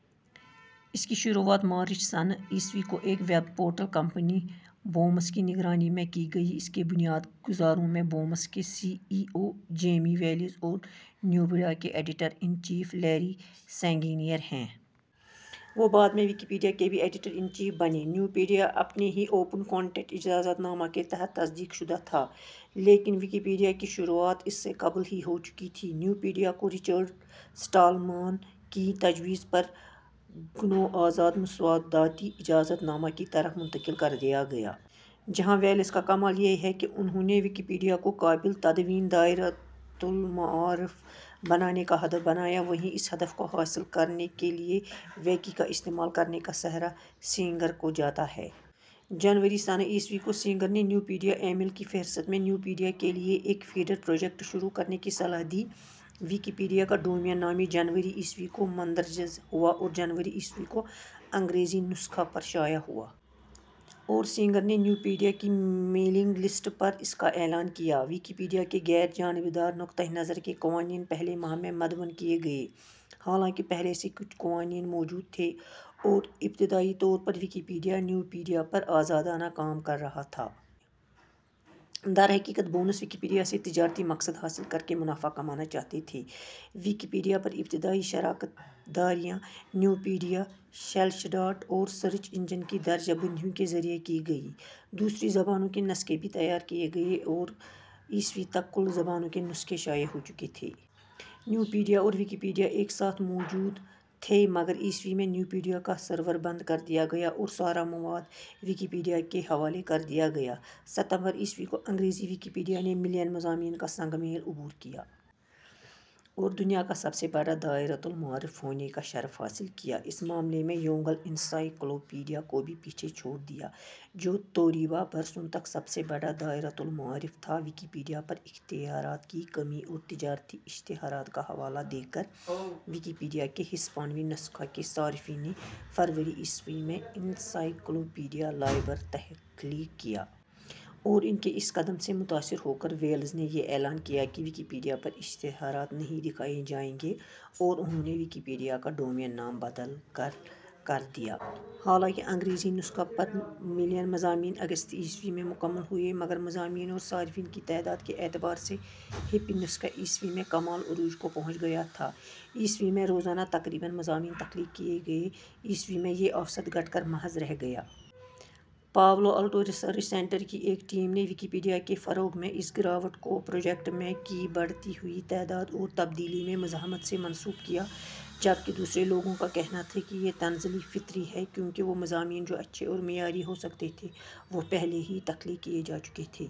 ، اس کی شروعات مارچ سنہ ء کو ایک ویب پورٹل کمپنی بومس کی نگرانی میں کی گئی۔ اس کے بنیاد گزاروں میں بومس کے C E O Jimmy Wales اور نیوپیڈیا کے editor in chief Larry Sanger ہیں۔ وہ بعد میں ویکیپیڈیا کے بھی ایڈیٹر ان چیف بنے۔ نیوپیڈیا اپنے ہی اوپن کونٹینٹ اجازت نامہ کے تحت تصدیق شدہ تھا۔ لیکن ویکیپیڈیا کی شروعات اس سے قبل ہی ہو چکی تھی، نیوپیڈیا کو رچرڈ سٹالمان کی تجویز پر گنو آزاد مسوداتی اجازت نامہ کی طرف منتقل کردیاگیا۔ ، جہاں ویلس کا کمال یہ ہے کہ انھوں کو ویکیپیڈیا کو قابل تدوین دائرۃالمعارف بنانے کا ہدف بنایا۔ ، وہیں اس ہدف کو حاصل کر نے کے لیے ویکی کا استعمال کرنے کا سہرا سینگر کو جاتا ہے۔ ، جنوری سنہ ء کو سینگر نے نیوپیڈیا ایمیل کی فہرست میں نیوپیڈیا کے لیے ایک ''فیڈر پروجیکٹ "شروع کرنے کی صلاح دی۔ ۔ ویکیپیڈیا کا ڈومین نام جنوری ء کو مندرج ہوا اور جنوری ء کو انگریزی نسخہ پر شائع ہوا۔ ۔ اور سینگر نے نیوپیدیا کی میلینگ لسٹ پر اس کا اعلان کیا۔ ویکیپیڈیا کے "غیر جانبدار نقطہ نظر" کے قوانین پہلے ماہ میں مدون کیے گئے۔ حالانکہ پہلے سے کچھ قوانین موجود تھے اور ابتدائی طور پر ویکیپیڈیا نیوپیڈیا پر آزادانہ کام کررہا تھا۔۔ درحقیقت بونس ویکیپیڈیاسے تجارتی مقصد حاصل کر کے منافع کمانا چاہتے تھے۔ ویکیپیڈیا پر ابتدائی شراکت داریاں نیوپیڈیا، شلیشڈاٹ اور سرچ انجن کی درجہ بندیوں کے ذریعے کی گئیں۔ دوسری زبانوں کے نسخے بھی تیار کیے گئے اور ء تک کل زبانوں کے نسخے شائع ہو چکے تھے۔ نیوپیڈیا اور ویکیپیڈیا ایک ساتھ موجود تھے مگر ء میں نیوپیڈیا کا سرور بند کر دیا گیا اور سارا مواد ویکیپیڈیا کے حوالے کر دیا گیا۔ ستمبر ء کو انگریزی ویکیپیڈیا نے ملین مضامین کا سنگ میل عبور کیا۔ اور دنیا کا سب سے بڑا دائرۃالمعارف ہونے کا شرف حاصل کیا۔ اس معاملے میں یونگل انسائکلوپیڈیا کو بھی پیچھے چھوڑ دیا، جو توریبا برسوں تک سب سے بڑا دائرۃالمعارف تھا۔ ویکیپیڈیا پر اختیارات کی کمی اور تجارتی اشتہارات کا حوالہ دے کر ویکیپیڈیا کے ہسپانوی نسخہ کے صارفین نے فروری ء میں انسائکلوپیڈیا لائبر تخلیق کیا۔ اور ان کے اس قدم سے متاثر ہو کر ویلز نے یہ اعلان کیا کہ ویکیپیڈیا پر اشتہارات نہیں دکھائے جائیں گے اور انھوں نے ویکیپیڈیا کا ڈومین نام. بدل کر. کر دیا۔ حالانکہ انگریزی نسخہ پر ملین مضامین اگست ء میں مکمل ہوئے مگر مضامین اور صارفین کی تعداد کے اعتبار سے ہپ نسخہ ء میں کمال عروج کو پہنچ گیا تھا۔ ء میں روزانہ تقریباً مضامین تخلیق کیے گئے، ء میں یہ اوسط گھٹ کر محض رہ گیا۔ پاولو الٹو ریسرچ سینٹر کی ایک ٹیم نے ویکیپیڈیا کے فروغ میں اس گراوٹ کو پروجیکٹ میں کی بڑھتی ہوئی تعداد اور تبدیلی میں مزاحمت سے منسوب کیا۔ جبکہ دوسرے لوگوں کا کہنا تھا کہ یہ تنزلی فطری ہے کیونکہ وہ مضامین جو اچھے اور معیاری ہو سکتے تھے وہ پہلے ہی تخلیق کیے جا چکے تھے۔